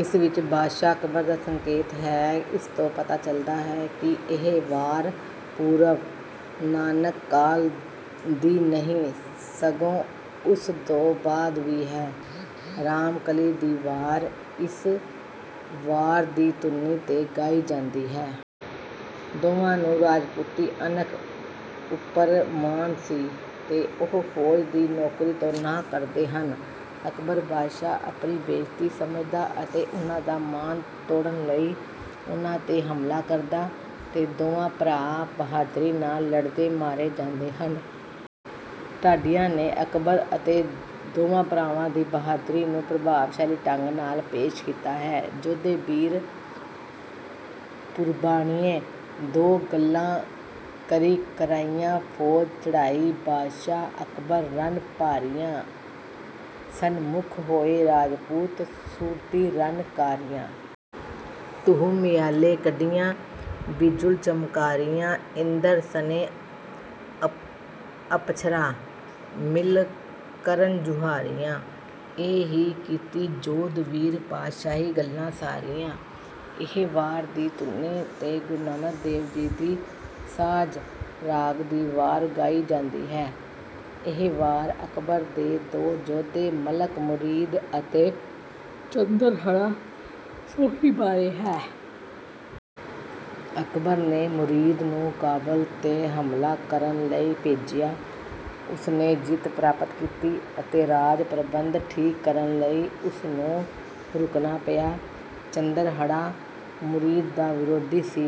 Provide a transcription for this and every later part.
ਇਸ ਵਿੱਚ ਬਾਦਸ਼ਾਹ ਅਕਬਰ ਦਾ ਸੰਕੇਤ ਹੈ ਜਿਸ ਤੋਂ ਪਤਾ ਚਲਦਾ ਹੈ ਕਿ ਇਹ ਵਾਰ ਪੂਰਵ ਨਾਨਕ ਕਾਲ ਦੀ ਨਹੀਂ ਸਗੋਂ ਉਸ ਤੋਂ ਬਾਅਦ ਵੀ ਹੈ। ਰਾਮਕਲੀ ਦੀ ਵਾਰ ਇਸ ਵਾਰ ਦੀ ਧੁਨੀ ਤੇ ਗਾਈ ਜਾਂਦੀ ਹੈ। ਦੋਵਾਂ ਨੂੰ ਰਾਜਪੂਤੀ ਅਣਖ ਉਪਰ ਮਾਣ ਸੀ ਤੇ ਉਹ ਫੌਜ਼ ਦੀ ਨੌਕਰੀ ਤੋਂ ਨਾਹ ਕਰਦੇ ਹਨ। ਅਕਬਰ ਬਾਦਸ਼ਾਹ ਆਪਣੀ ਬੇਇੱਜਤੀ ਸਮਝਦਾ ਤੇ ਉਹਨਾਂ ਦਾ ਮਾਣ ਤੋੜ੍ਹਨ ਲਈ ਉਹਨਾਂ ਤੇ ਹਮਲਾ ਕਰਦਾ, ਤੇ ਦੋਵੇ ਭਰਾ ਬਹਾਦਰੀ ਨਾਲ ਲੜ੍ਹਦੇ ਮਾਰੇ ਜਾਂਦੇ ਹਨ। ਢਾਡੀਆਂ ਨੇ ਅਕਬਰ ਅਤੇ ਦੋਵਾਂ ਭਰਾਵਾਂ ਦੀ ਬਹਾਦਰੀ ਨੂੰ ਪ੍ਰਭਾਵਸ਼ਾਲੀ ਢੰਗ ਨਾਲ ਪੇਸ਼ ਕੀਤਾ ਹੈ। ਜੋਧੇ ਬੀਰ ਪੂਰਬਾਣੀਏ ਦੋ ਗੱਲਾ ਕਰੀ ਕਰਾਰੀਆਂ, ਫੌਜ਼ ਚੜ੍ਹਾਈ ਬਾਦਸ਼ਾਹ ਅਕਬਰ ਰਣ ਭਾਰੀਆਂ। ਸਨਮੁੱਖ ਹੋਏ ਰਾਜਪੂਤ ਸੁਤਰੀ ਰਣ ਕਾਰੀਆਂ। ਧੂਹ ਮਿਆਨੋ ਕੱਢੀਆਂ ਬਿਜੁਲ ਚਮਕਾਰੀਆਂ ਇੰਦਰ ਸਣੇ ਅਪੱਛਰਾ ਮਿਲ ਕਰਨ ਜੁਹਾਰੀਆਂ। ਏ ਹੀ ਕੀਤੀ ਜੋਧ ਵੀਰ ਪਾਤਸ਼ਾਹੀ ਗੱਲਾ ਸਾਰੀਆਂ। ਇਹ ਵਾਰ ਦੀ ਧੁਨੀ ਤੇ ਗੁਰੂ ਨਾਨਕ ਦੇਵ ਜੀ ਦੀ ਸਾਝ ਰਾਗ ਦੀ ਵਾਰ ਗਾਈ ਜਾਂਦੀ ਹੈ, ਇਹ ਵਾਰ ਅਕਬਰ ਦੇ ਦੋ ਯੋਧੇ ਮਲਕ ਮੁਰੀਦ ਅਤੇ ਚੰਦਰਹੜ੍ਹਾ ਸੋਹੀ ਬਾਰੇ ਹੈ। ਅਕਬਰ ਨੇ ਮੁਰੀਦ ਨੂੰ ਕਾਬਲ ਤੇ ਹਮਲਾ ਕਰਨ ਲਈ ਭੇਜਿਆ। ਉਸਨੇ ਜਿੱਤ ਪ੍ਰਾਪਤ ਕੀਤੀ ਅਤੇ ਰਾਜ ਪ੍ਰਬੰਧ ਠੀਕ ਕਰਨ ਲਈ ਉਸਨੂੰ ਰੁਕਣਾ ਪਿਆ। ਚੰਦਰਹੜ੍ਹਾ ਮੁਰੀਦ ਦਾ ਵਿਰੋਧੀ ਸੀ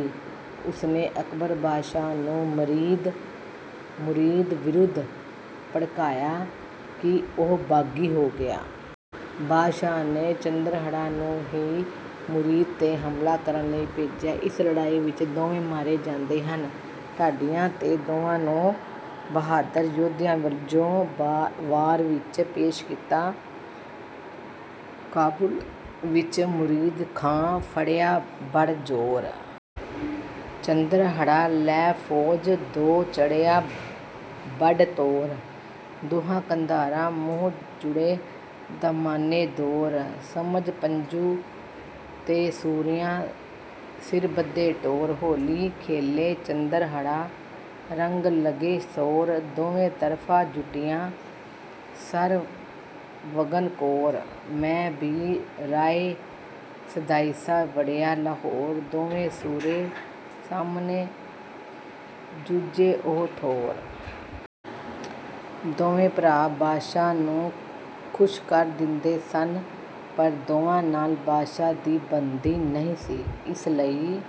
ਉਸਨੇ ਅਕਬਰ ਬਾਦਸ਼ਾਹ ਨੂੰ ਮੁਰੀਦ ਵਿਰੁੱਧ ਭੜਕਾਇਆ ਕਿ ਉਹ ਬਾਗੀ ਹੋ ਗਿਆ। ਬਾਦਸ਼ਾਹ ਨੇ ਚੰਦਰਹੜ੍ਹਾ ਨੂੰ ਹੀ ਮੁਰੀਦ ਤੇ ਹਮਲਾ ਕਰਨ ਲਈ ਭੇਜਿਆ। ਇਸ ਲੜ੍ਹਾਈ ਵਿੱਚ ਦੋਵੇਂ ਮਾਰੇ ਜਾਂਦੇ ਹਨ। ਢਾਡੀਆਂ ਤੇ ਦੋਹਾਂ ਨੂੰ ਬਹਾਦਰ ਯੋਧਿਆ ਵਜੋਂ ਵਾਰ ਵਿੱਚ ਪੇਸ਼ ਕੀਤਾ। ਕਾਬੁਲ ਵਿੱਚ ਮੁਰੀਦ ਖਾਂ ਫੜ੍ਹਿਆ ਬੜ ਜ਼ੋਰ। ਚੰਦਹੜ੍ਹਾ ਲੈ ਫੌਜ ਦੋ ਚੜ੍ਹਿਆ ਬਡ ਤੋਰ। ਦੁਹਾ ਕੰਧਾਰਾਂ ਮੁਹ ਜੁੜ੍ਹੇ ਦਾਮਾਨੇ ਦੌਰ। ਸਮਝ ਪਜੂ ਤੇ ਸੂਰਿਆਂ ਸਿਰ ਬੱਧੇ ਟੌਰ। ਹੌਲੀ ਖੇਲੇ ਚੰਦਰਹੜ੍ਹਾ ਰੰਗ ਲਗੇ ਸੌਰ। ਦੋਵੇ ਤਰਫਾ ਜੁਟੀਆਂ ਸਰ ਵਗਨ ਕੌਰ। ਮੈਂ ਭੀ ਰਾਇ ਸਦਾਇਸਾ ਵੜ੍ਹਿਆ ਲਾਹੌਰ ਦੋਵੇ ਸੂਰੇ ਸਾਮਣੇ ਜੂਝੇ ਉਹ ਠੋਰ। ਦੋਵੇਂ ਭਰਾ ਬਾਦਸ਼ਾਹ ਨੂੰ ਖੁੱਸ਼ ਕਰ ਦਿੰਦੇ ਸਨ ਪਰ ਦੋਵਾਂ ਨਾਲ ਬਾਦਸ਼ਾਹ ਦੀ ਬਣਦੀ ਨਹੀਂ ਸੀ। ਇਸ ਲਈ